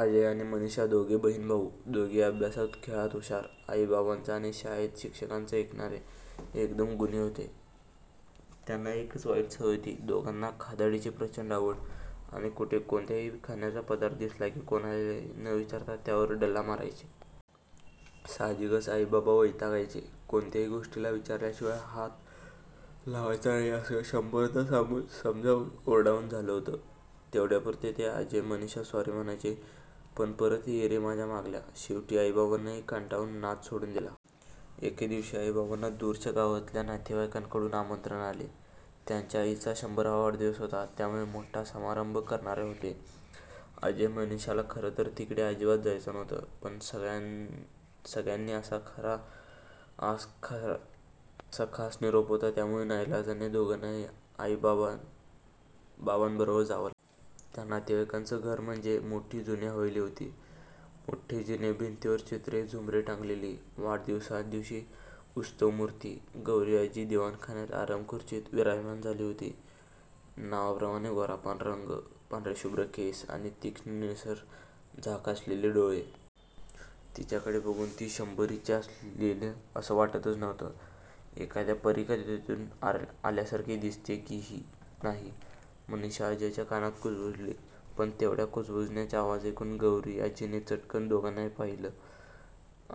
अजय आणि मनीषा दोघे बहीण भाऊ. दोघेही अभ्यासात, खेळात हुषार. आईबाबांचं आणि शाळेत शिक्षकांचं ऐकणारे, एकदम गुणी होते. त्यांना एकच वाईट सवय होती. दोघांना खादाडीची प्रचंड आवड आणि कुठे कोणताही खाण्याचा पदार्थ दिसला की कोणालाही न विचारता ते त्यावर डल्ला मारायचे. साहजिकच आई बाबा वैतागायचे. कोणत्याही गोष्टीला विचारल्याशिवाय हात लावायचा नाही असं शंभरदा सांगून, समजावून, ओरडून झालं होतं. तेवढ्यापुरते अजय मनीषा सॉरी म्हणायचे पण परत ये रे माझ्या मागल्या! शेवटी आईबाबांनीही कंटाळून नाद सोडून दिला. एके दिवशी आई बाबांना दूरच्या गावातल्या नातेवाईकांकडून आमंत्रण आलं. त्यांच्या आईचा शंभरावा वाढदिवस होता त्यामुळे मोठा समारंभ करणार होते. अजय, मनीषाला खरं तर तिकडे अजिबात जायचं नव्हतं पण सगळ्यांनी या असा खास निरोप होता त्यामुळे नाईलाजाने दोघांना आई बाबांबरोबर जावं लागलं. त्या नातेवाईकांचं घर म्हणजे मोठी जुनी हवेली होती. मोठे जिने, भिंतीवर चित्रे, झुंबरे टांगलेली. वाढदिवसाची उत्सवमूर्ती गौरीआजी दिवाणखान्यात आरामखुर्चीत विराजमान झाली होती. नावाप्रमाणे गोरापान रंग, पांढरेशुभ्र केस आणि तीक्ष्ण निळसर झाक असलेले डोळे. तिच्याकडे बघून ती शंभरीची असेल असं वाटतंच नव्हतं. "एखाद्या परीकथेतून आल्यासारखी दिसते की नाही? " मनीषा अजयच्या कानात कुजबुजली. पण तेवढ्या कुजबुजण्याचा आवाज ऐकून गौरीआजीने चटकन त्या दोघांकडे पाहिलं.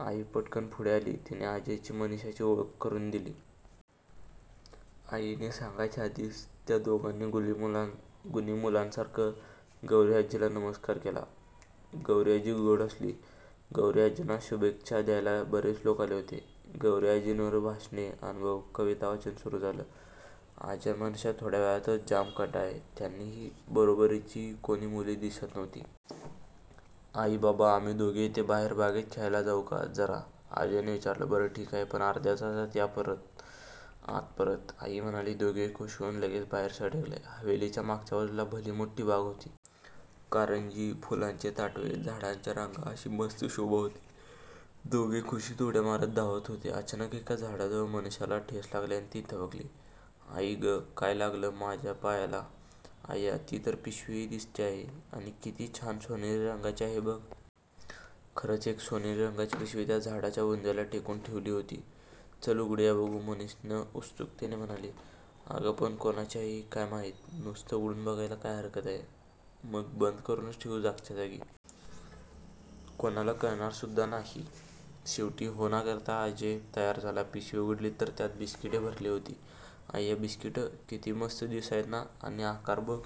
आई पटकन पुढे झाली आणि तिने अजय मनीषाची ओळख करून दिली. आईने सांगायच्या आधीच त्या दोघांनी गुणी मुलांसारखा गौरीआजीला नमस्कार केला. गौरीआजी गोड हसली. गौरीआजींना शुभेच्छा द्यायला बरेच लोक आले होते. गौरीआजींवर भाषणे, अनुभव, कवितावाचन सुरु झालं. अजय मनीषा थोड्या वेळातच जाम कंटाळले. त्यांच्या बरोबरचीही कोणी मुले दिसत नव्हती. 'आई बाबा, आम्ही दोघे इथे बाहेर बागेत खेळायला जाऊ का जरा? ' अजयने विचारले. 'बरं ठीक आहे पण अर्ध्या तासात या आत परत. ' आई म्हणाली. दोघेही खूष होऊन लगेच बाहेर सटकले. हवेलीच्या मागच्या बाजूला भली मोठी बाग होती. कारंजी, फुलांचे ताटवे, झाडांच्या रांगा अशी मस्त शोभा होती. दोघे खुषीत उड्या मारत धावत होते. अचानक एका झाडाजवळ मनीषाला ठेच लागली आणि ती थबकली. आई गं, काय लागलं पायाला माझ्या. अय्या ही तर पिशवी दिसते आहे आणि किती छान सोनेरी रंगाची आहे बघ! "खरंच एक सोनेरी रंगाची पिशवी त्या झाडाच्या बुंध्याला टेकून ठेवली होती. चल उघडून बघू या" मनीषा उत्सुकतेने म्हणाली. 'अगं पण कोणाची आहे काय माहीत? 'नुसतं उघडून बघायला काय हरकत आहे? मग बंद करून ठेवू जागच्या जागी. कोणाला कळणार सुद्धा नाही! शेवटी हो ना करता अजय तयार झाला. पिशवी उघडली तर त्याच्यात बिस्किटे भरलेली होती.अय्या बिस्किटं! किती मस्त दिसतायत ना. आणि आकार बघ.